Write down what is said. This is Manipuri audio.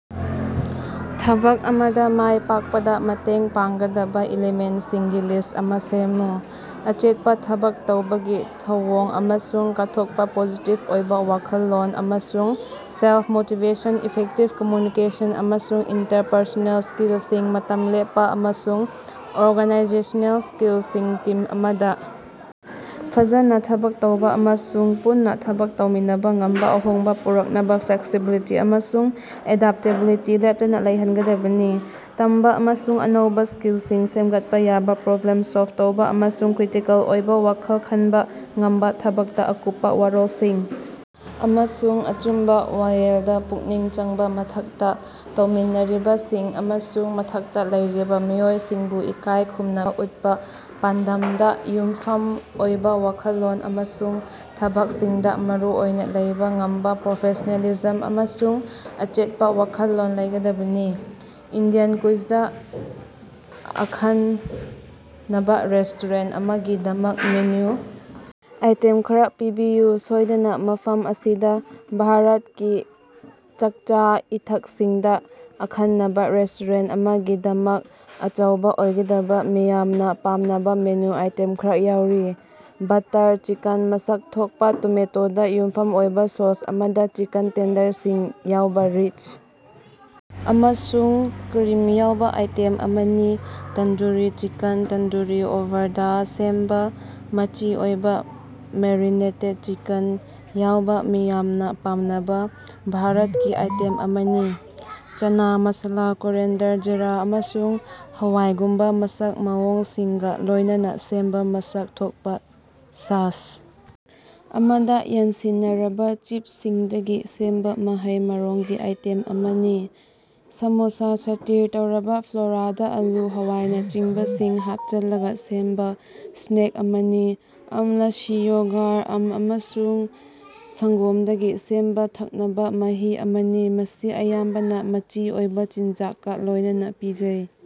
ꯊꯕꯛ ꯑꯃꯗꯥ ꯃꯥꯏ ꯄꯥꯛꯄꯗꯥ ꯃꯇꯦꯡ ꯄꯥꯡꯒꯗꯕꯥ ꯏꯂꯤꯃꯦꯟꯁꯤꯡꯒꯤ ꯂꯤꯁ ꯑꯃꯥ ꯁꯦꯝꯃꯨ꯫ ꯑꯆꯦꯠꯄꯥ ꯊꯕꯛ ꯇꯧꯕꯒꯤ ꯊꯧꯑꯣꯡ ꯑꯃꯁꯨꯡ ꯀꯠꯊꯣꯛꯄꯥ ꯄꯣꯖꯤꯇꯤꯕ ꯑꯣꯏꯕꯥ ꯋꯥꯈꯜꯂꯣꯟ ꯑꯃꯁꯨꯡ ꯁꯦꯜꯐ-ꯃꯣꯇꯤꯕꯦꯁꯟ ꯏꯐꯦꯛꯇꯤꯕ ꯀꯝꯃ꯭ꯌꯨꯅꯤꯀꯦꯁꯟ ꯑꯃꯁꯨꯡ ꯏꯟꯇꯔꯄꯔꯁꯣꯅꯦꯜ ꯁ꯭ꯀꯤꯜꯁꯤꯡ ꯃꯇꯝ ꯂꯦꯞꯄꯥ ꯑꯃꯁꯨꯡ ꯑꯣꯔꯒꯅꯥꯏꯖꯦꯁꯅꯦꯜ ꯁ꯭ꯀꯤꯜꯁꯤꯡ ꯇꯤꯝ ꯑꯃꯗꯥ ꯐꯖꯅꯥ ꯊꯕꯛ ꯇꯧꯕꯥ ꯑꯃꯁꯨꯡ ꯄꯨꯟꯅꯥ ꯊꯕꯛ ꯇꯧꯃꯤꯟꯅꯕꯥ ꯉꯝꯕꯥ ꯑꯍꯣꯡꯕꯥ ꯄꯨꯔꯛꯅꯕꯥ ꯐ꯭ꯂꯦꯛꯁꯤꯕꯤꯂꯤꯇꯤ ꯑꯃꯁꯨꯡ ꯑꯦꯗꯥꯞꯇꯦꯕꯤꯂꯤꯇꯤ ꯂꯦꯞꯇꯅꯥ ꯂꯩꯍꯟꯒꯗꯕꯅꯤ꯫ ꯇꯝꯕꯥ ꯑꯃꯁꯨꯡ ꯑꯅꯧꯕꯥ ꯁ꯭ꯀꯤꯜꯁꯤꯡ ꯁꯦꯝꯒꯠꯄꯥ ꯌꯥꯕꯥ ꯄ꯭ꯔꯣꯕ꯭ꯂꯦꯝ ꯁꯣꯜꯕ ꯇꯧꯕꯥ ꯑꯃꯁꯨꯡ ꯀ꯭ꯔꯤꯇꯤꯀꯦꯜ ꯑꯣꯏꯕꯥ ꯋꯥꯈꯜ ꯈꯟꯕꯥ ꯉꯝꯕꯥ ꯊꯕꯛꯇꯥ ꯑꯀꯨꯞꯄꯥ ꯋꯔꯣꯜꯁꯤꯡ ꯑꯃꯁꯨꯡ ꯑꯆꯨꯝꯕꯥ ꯋꯥꯌꯦꯜꯗꯥ ꯄꯨꯛꯅꯤꯡ ꯆꯪꯕꯥ ꯃꯊꯛ ꯇꯧꯃꯤꯟꯅꯔꯤꯕꯁꯤꯡ ꯑꯃꯁꯨꯡ ꯃꯊꯛꯇꯥ ꯂꯩꯕꯥ ꯃꯤꯑꯣꯏꯁꯤꯡꯕꯨ ꯏꯀꯥꯏꯈꯨꯝꯅꯕꯥ ꯎꯠꯄꯥ ꯄꯥꯟꯗꯝꯗꯥ ꯌꯨꯝꯐꯝ ꯑꯣꯏꯕꯥ ꯋꯥꯈꯜꯂꯣꯟ ꯑꯃꯁꯨꯡ ꯊꯕꯛꯁꯤꯡꯗꯥ ꯃꯔꯨꯑꯣꯏꯅꯥ ꯂꯧꯕꯥ ꯉꯝꯕꯥ ꯄ꯭ꯔꯣꯐꯦꯁꯅꯦꯂꯤꯖꯝ ꯑꯃꯁꯨꯡ ꯑꯆꯦꯠꯄꯥ ꯋꯥꯈꯜꯂꯣꯟ ꯂꯩꯒꯗꯕꯅꯤ꯫ ꯏꯟꯗꯤꯌꯟ ꯀ꯭ꯌꯨꯏꯖꯗꯥ ꯑꯈꯟꯅꯕꯥ ꯔꯦꯁꯇꯣꯔꯦꯟꯇ ꯑꯃꯒꯤꯗꯃꯛ ꯃꯦꯅꯨ ꯑꯥꯏꯇꯦꯝ ꯈꯔꯥ ꯄꯤꯕꯤꯌꯨ꯫ ꯁꯣꯏꯗꯅꯥ, ꯃꯐꯝ ꯑꯁꯤꯗꯥ ꯚꯥꯔꯠꯀꯤ ꯆꯥꯛꯆꯥ-ꯏꯊꯛꯁꯤꯡꯗꯥ ꯑꯈꯟꯅꯕꯥ ꯔꯦꯁꯇꯣꯔꯦꯟꯇ ꯑꯃꯒꯤꯗꯃꯛ ꯑꯆꯧꯕꯥ ꯑꯣꯏꯒꯗꯕꯥ ꯃꯤꯌꯥꯝꯅꯥ ꯄꯥꯝꯅꯕꯥ ꯃꯦꯅꯨ ꯑꯥꯏꯇꯦꯝ ꯈꯔꯥ ꯌꯥꯎꯔꯤ: ꯕꯠꯇꯔ ꯆꯤꯀꯟ: ꯃꯁꯛ ꯊꯣꯛꯄꯥ ꯇꯣꯃꯦꯇꯣꯗꯥ ꯌꯨꯝꯐꯝ ꯑꯣꯏꯕꯥ ꯁꯣꯁ ꯑꯃꯗꯥ ꯆꯤꯀꯟ ꯇꯦꯟꯗꯔ ꯆꯤꯡ ꯌꯥꯎꯕꯥ ꯔꯤꯆ ꯑꯃꯁꯨꯡ ꯀ꯭ꯔꯤꯝ ꯌꯥꯎꯕꯥ ꯑꯥꯏꯇꯦꯝ ꯑꯃꯅꯤ꯫ ꯇꯟꯗꯨꯔꯤ ꯆꯤꯀꯟ: ꯇꯟꯗꯨꯔꯤ ꯑꯣꯚꯔꯗꯥ ꯁꯦꯝꯕꯥ ꯃꯆꯤ ꯑꯣꯏꯕꯥ ꯃꯦꯔꯤꯅꯦꯇꯦꯗ ꯆꯤꯀꯟ ꯌꯥꯎꯕꯥ ꯃꯤꯌꯥꯝꯅꯥ ꯄꯥꯝꯅꯕꯥ ꯚꯥꯔꯠꯀꯤ ꯑꯥꯏꯇꯦꯝ ꯑꯃꯅꯤ꯫ ꯆꯅꯥ ꯃꯁꯥꯂꯥ: ꯀꯣꯔꯤꯌꯥꯟꯗꯔ, ꯖꯤꯔꯥ ꯑꯃꯁꯨꯡ ꯍꯋꯥꯏꯒꯨꯝꯕꯥ ꯃꯁꯛ ꯃꯑꯣꯡꯁꯤꯡꯒꯥ ꯂꯣꯏꯅꯅꯥ ꯁꯦꯝꯕꯥ ꯃꯁꯛ ꯊꯣꯛꯄꯥ ꯁꯁ ꯑꯃꯗꯥ ꯌꯥꯟꯁꯤꯟꯅꯔꯕꯥ ꯆꯤꯞꯁꯤꯡꯗꯒꯤ ꯁꯦꯝꯕꯥ ꯃꯍꯩ-ꯃꯔꯣꯡꯒꯤꯑꯥꯏꯇꯦꯝ ꯑꯃꯅꯤ꯫ ꯁꯥꯃꯣꯁꯥꯁ: ꯁꯇꯤꯔ ꯇꯧꯔꯕꯥ ꯐ꯭ꯂꯣꯔꯥꯗꯥ ꯑꯥꯂꯨ, ꯍꯋꯥꯏꯅꯆꯤꯡꯕ ꯁꯤꯡ ꯍꯥꯞꯆꯜꯂꯒꯥ ꯁꯦꯝꯕ ꯁ꯭ꯅꯦꯛ ꯑꯃꯅꯤ꯫ ꯑꯥꯝ ꯂꯥꯁꯤ: ꯌꯣꯒꯔ, ꯑꯥꯝ ꯑꯃꯁꯨꯡ ꯁꯪꯒꯣꯝꯗꯒꯤ ꯁꯦꯝꯕꯥ ꯊꯛꯅꯕꯥ ꯃꯍꯤ ꯑꯃꯅꯤ, ꯃꯁꯤ ꯑꯌꯥꯝꯕꯅꯥ ꯃꯆꯤ ꯑꯣꯏꯕꯥ ꯆꯤꯟꯖꯥꯛꯀ ꯂꯣꯏꯅꯅꯥ ꯄꯤꯖꯩ꯫